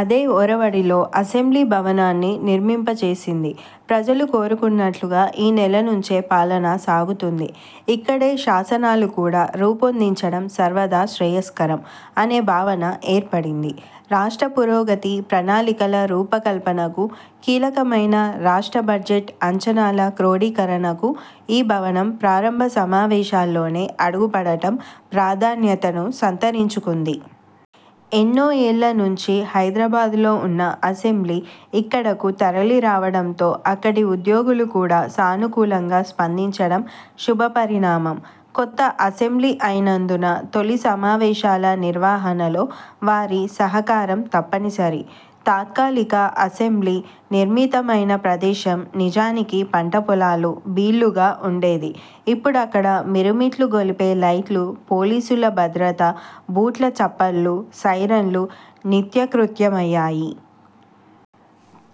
అదే ఒరవడిలో అసెంబ్లీ భవనాన్ని నిర్మింపచేసింది. ప్రజలు కోరుకున్నట్లుగా ఈ నేల నుంచే పాలన సాగుతోంది. ఇక్కడే శాసనాలు కూడా రూపొందించడం సర్వదా శ్రేయస్కరం అనే భావన ఏర్పడింది. రాష్ట్ర పురోగతి, ప్రణాళికల రూపకల్పనకు కీలకమైన రాష్ట్ర బడ్జెట్ అంచనాల క్రోడీకరణకు ఈ భవనం ప్రారంభ సమావేశాల్లోనే అడుగుపడటం ప్రాధాన్యతను సంతరించుకుంది. ఎన్నో ఏళ్ల నుంచి హైదరాబాద్లో ఉన్న అసెంబ్లీ ఇక్కడకు తరలిరావడంతో అక్కడి ఉద్యోగులు కూడా సానుకూలంగా స్పందించడం శుభపరిణామం. కొత్త అసెంబ్లీ అయినందున తొలి సమావేశాల నిర్వహణలో వారి సహకారం తప్పనిసరి. తాత్కాలిక అసెంబ్లీ నిర్మితమైన ప్రదేశం నిజానికి పంట పొలాలు, బీళ్లుగా ఉండేది. ఇప్పుడక్కడ మిరుమిట్లుగొలిపే లైట్లు, పోలీసుల భద్రతా బూట్ల చప్పళ్లు, సైరన్లు నిత్యకృత్యమయ్యాయి.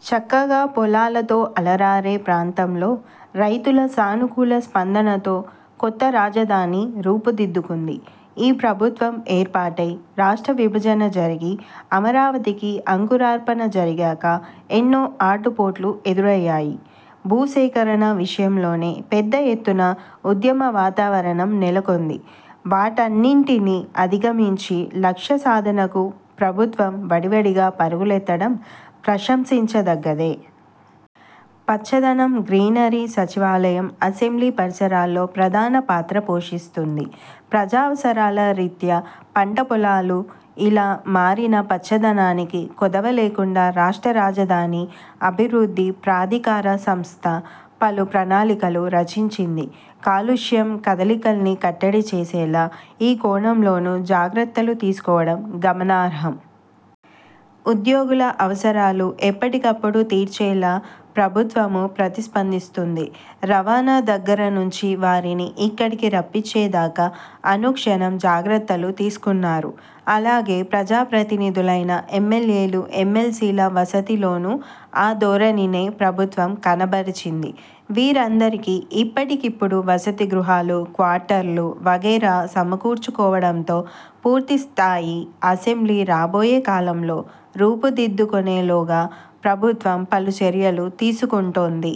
చక్కగా పొలాలతో అలరారే ప్రాంతంలో రైతుల సానుకూల స్పందనతో కొత్త రాజధాని రూపుదిద్దుకుంది. ఈ ప్రభుత్వం ఏర్పాటై రాష్ట్ర విభజన జరిగి, అమరావతికి అంకురార్పణ జరిగాక ఎన్నో ఆటుపోట్లు ఎదురయ్యాయి. భూసేకరణ విషయంలోనే పెద్ద ఎత్తున ఉద్యమ వాతావరణం నెలకొంది. వాటన్నింటినీ అధిగమించి లక్ష్య సాధనకు ప్రభుత్వం వడివడిగా పరుగులెత్తడం ప్రశంసించదగ్గదే. పచ్చదనం గ్రీనరీ సచివాలయం, అసెంబ్లీ పరిసరాల్లో ప్రధాన పాత్ర పోషిస్తోంది. ప్రజావసరాల రీత్యా పంట పొలాలు ఇలా మారినా పచ్చదనానికి కొదవ లేకుండా రాష్ట్ర రాజధాని అభివృద్ధి ప్రాధికార సంస్థ పలు ప్రణాళికలు రచించింది. కాలుష్యం కదలికల్ని కట్టడి చేసేలా ఈ కోణంలోనూ జాగ్రత్తలు తీసుకోవడం గమనార్హం. ఉద్యోగుల అవసరాలు ఎప్పటికప్పుడు తీర్చేలా ప్రభుత్వమూ ప్రతిస్పందిస్తోంది. రవాణా దగ్గరనుంచి వారిని ఇక్కడికి రప్పించేదాకా అనుక్షణం జాగ్రత్తలు తీసుకున్నారు. అలాగే, ప్రజా ప్రతినిధులైన ఎమ్మెల్యేలు, ఎమ్మెల్సీల వసతిలోనూ ఆ ధోరణినే ప్రభుత్వం కనబరచింది. వీరందరికీ ఇప్పటికిప్పుడు వసతి గృహాలు, క్వార్టర్లు వగైరా సమకూర్చుకోవడంతో, పూర్తి స్థాయి అసెంబ్లీ రాబోయే కాలంలో రూపుదిద్దుకొనే లోగా ప్రభుత్వం పలు చర్యలు తీసుకుంటోంది.